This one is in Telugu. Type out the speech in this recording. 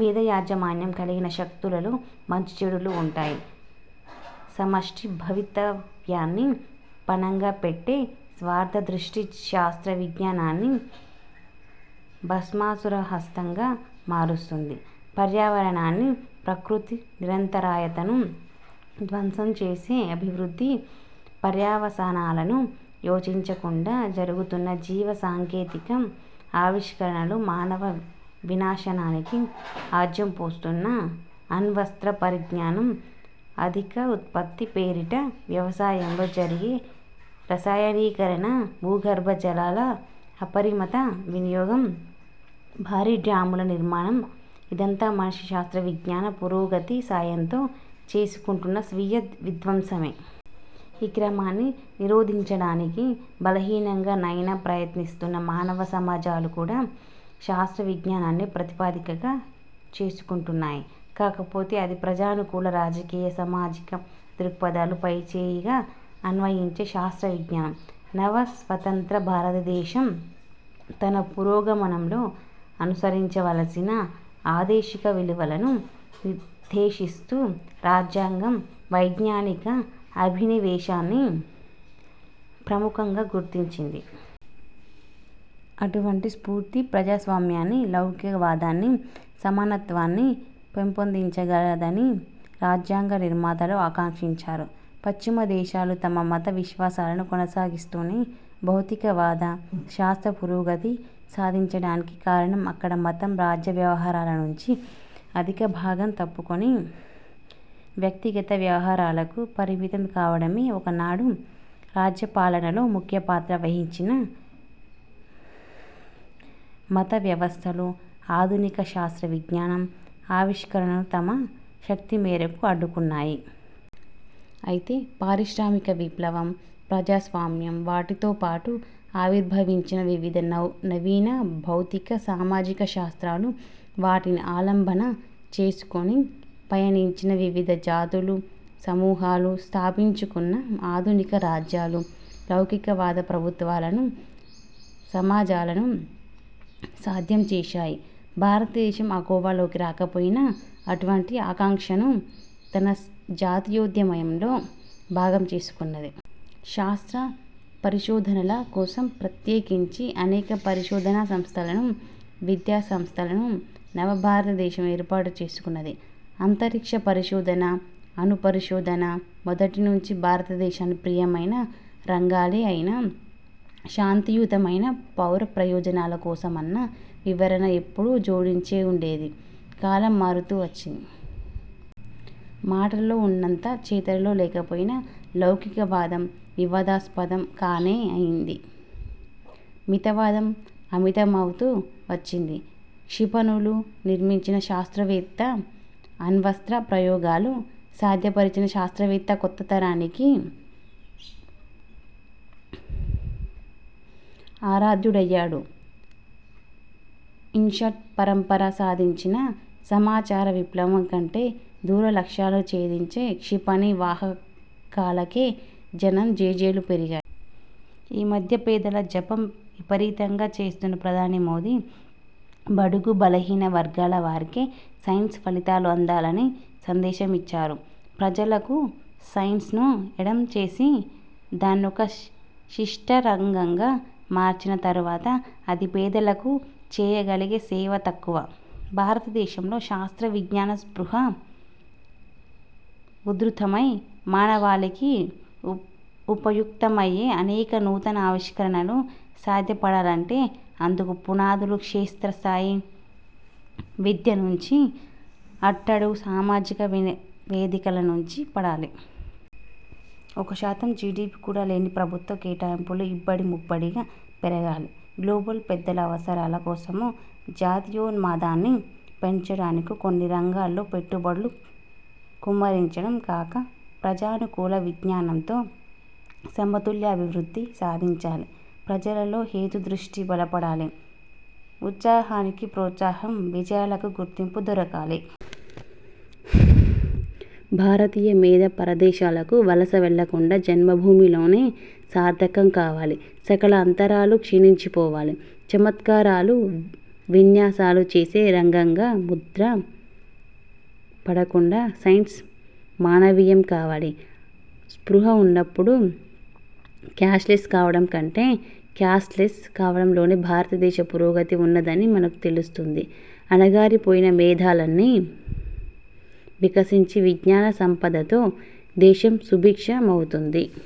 మీద యాజమాన్యం కలిగిన శక్తులలో మంచి చెడులు ఉంటాయి. సమష్టి భవితవ్యాన్ని పణంగా పెట్టే స్వార్థ దృష్టి శాస్త్ర విజ్ఞానాన్ని భస్మాసుర హస్తంగా మారుస్తుంది. పర్యావరణాన్ని, ప్రకృతి నిరంతరాయతను ధ్వంసం చేసే అభివృద్ధి, పర్యవసానాలను యోచించకుండా జరుగుతున్న జీవ సాంకేతిక ఆవిష్కరణలు, మానవ వినాశనానికి ఆజ్యం పోస్తున్న అణ్వస్త్ర పరిజ్ఞానం, అధిక ఉత్పత్తి పేరిట వ్యవసాయంలో జరిగి రసాయనీకరణ, భూగర్భ జలాల అపరిమిత వినియోగం, భారీడ్యాముల నిర్మాణం ఇదంతా మనిషి శాస్త్ర విజ్ఞాన పురోగతి సాయంతో చేసుకుంటున్న స్వీయ విధ్వంసమే. ఈ క్రమాన్ని నిరోధించడానికి బలహీనంగా నైనా ప్రయత్నిస్తున్న మానవ సమాజాలు కూడా శాస్త్ర విజ్ఞానాన్నే ప్రాతిపదికగా చేసుకుంటున్నాయి. కాకపోతే, అది ప్రజానుకూల రాజకీయ, సామాజిక దృక్పథాలు పైచేయిగా అన్వయించే శాస్త్ర విజ్ఞానం. నవ స్వతంత్ర భారతదేశం తన పురోగమనంలో అనుసరించవలసిన ఆదేశిక విలువలను నిర్దేశిస్తూ, రాజ్యాంగం వైజ్ఞానిక అభినివేశాన్ని ప్రముఖంగా గుర్తించింది. అటువంటి స్ఫూర్తి ప్రజాస్వామ్యాన్ని, లౌకిక వాదాన్ని, సమానత్వాన్ని పెంపొందించగలదని రాజ్యాంగ నిర్మాతలు ఆకాంక్షించారు. పశ్చిమదేశాలు తమ మత విశ్వాసాలను కొనసాగిస్తూనే, భౌతికవాద శాస్త్రపురోగతి సాధించడానికి కారణం అక్కడ మతం రాజ్య వ్యవహారాల నుంచి అధిక భాగం తప్పుకుని, వ్యక్తిగత వ్యవహారాలకు పరిమితం కావడమే. ఒకనాడు రాజ్య పాలనలో ముఖ్యపాత్ర వహించిన మతవ్యవస్థలు, ఆధునిక శాస్త్రవిజ్ఞానం ఆవిష్కరణను తమ శక్తిమేరకు అడ్డుకున్నాయి. అయితే, పారిశ్రామిక విప్లవం, ప్రజాస్వామ్యం వాటితో పాటు ఆవిర్భవించిన వివిధ నవీన భౌతిక, సామాజిక శాస్త్రాలు, వాటిని ఆలంబన చేసుకుని పయనించిన వివిధ జాతులు, సమూహాలు, స్థాపించుకున్న ఆధునిక రాజ్యాలు లౌకిక వాద ప్రభుత్వాలను, సమాజాలను సాధ్యం చేశాయి. భారతదేశం ఆ కోవలోకి రాకపోయినా, అటువంటి ఆకాంక్షను తన జాతీయోద్యమంలో భాగం చేసుకున్నది. శాస్త్ర పరిశోధనల కోసం ప్రత్యేకించి అనేక పరిశోధనా సంస్థలను, విద్యా సంస్థలను నవ భారతదేశం ఏర్పాటు చేసుకున్నది. అంతరిక్షపరిశోధనా, అణు పరిశోధనా మొదటి నుంచి భారతదేశానికి ప్రియమైన రంగాలే అయినా, శాంతియుత మైన, పౌర ప్రయోజనాల కోసమన్న వివరణ ఎప్పుడూ జోడించే ఉండేది. కాలం మారుతూ వచ్చింది. మాటలలో ఉన్నంత చేతలలో లేకపోయినా లౌకిక వాదం వివాదాస్పదం కానే అయింది. మితవాదం అమితమవుతూ వచ్చింది. క్షిపణులు నిర్మించిన శాస్త్రవేత్త, అణ్వస్త్ర ప్రయోగాలు సాధ్యపరచిన శాస్త్రవేత్త కొత్త తరానికి ఆరాధ్యుడయ్యాడు. ఇన్శాట్ పరంపర సాధించిన సమాచార విప్లవం కంటె, దూర లక్ష్యాలు ఛేదించే క్షిపణి వాహకాలకే జనం జేజేలు పెరిగాయి. ఈ మధ్య పేదల జపం విపరీతంగా చేస్తున్న ప్రధాని మోదీ, బడుగుబలహీన వర్గాల వారికే సైన్స్ ఫలితాలు అందాలని సందేశమిచ్చారు. ప్రజలకు సైన్స్ను ఎడం చేసి, దాన్నొక శిష్ట రంగంగా మార్చిన తరువాత, అది పేదలకు చేయగలిగే సేవ తక్కువ. భారతదేశంలో శాస్త్ర విజ్ఞానస్పృహ ఉధృతమై, మానవాళికి ఉపయుక్తమయ్యే అనేక నూతన ఆవిష్కరణలు సాధ్యపడాలంటే, అందుకు పునాదులు క్షేత్రస్థాయి విద్య నుంచి, అట్టడుగు సామాజిక వేదికలనుంచి పడాలి. ఒక శాతం జీడీపీ కూడా లేని ప్రభుత్వ కేటాయింపులు ఇబ్బడి ముబ్బడిగా పెరగాలి. గ్లోబల్ పెద్దల అవసరాల కోసమో, జాతీయోన్మాదాన్ని పెంచడానికో కొన్ని రంగాలలో పెట్టుబడులు కుమ్మరించడం కాక, ప్రజానుకూల విజ్ఞానంతో సమతుల్య అభివృద్ధి సాధించాలి. ప్రజలలో హేతు దృష్టి బలపడాలి. ఉత్సాహానికి ప్రోత్సాహం, విజయాలకు గుర్తింపు దొరకాలి. భారతీయ మేధ పరదేశాలకు వలస వెళ్లకుండా, జన్మభూమి లోనే సార్థకం కావాలి. సకల అంతరాలూ క్షీణించిపోవాలి. చమత్కారాలూ విన్యాసాలూ చేసే రంగంగా ముద్ర పడకుండా సైన్స్ మానవీయం కావాలి. స్పృహ ఉన్నప్పుడు, క్యాష్లెస్ కావడం కంటె క్యాస్ట్ లెస్ కావడం లోనే భారతదేశ పురోగతి ఉన్నదని మనకు తెలుస్తుంది. అణగారి పోయిన మేధలన్నీ వికసించి, విజ్ఞాన సంపదతో దేశం సుభిక్ష మవుతుంది.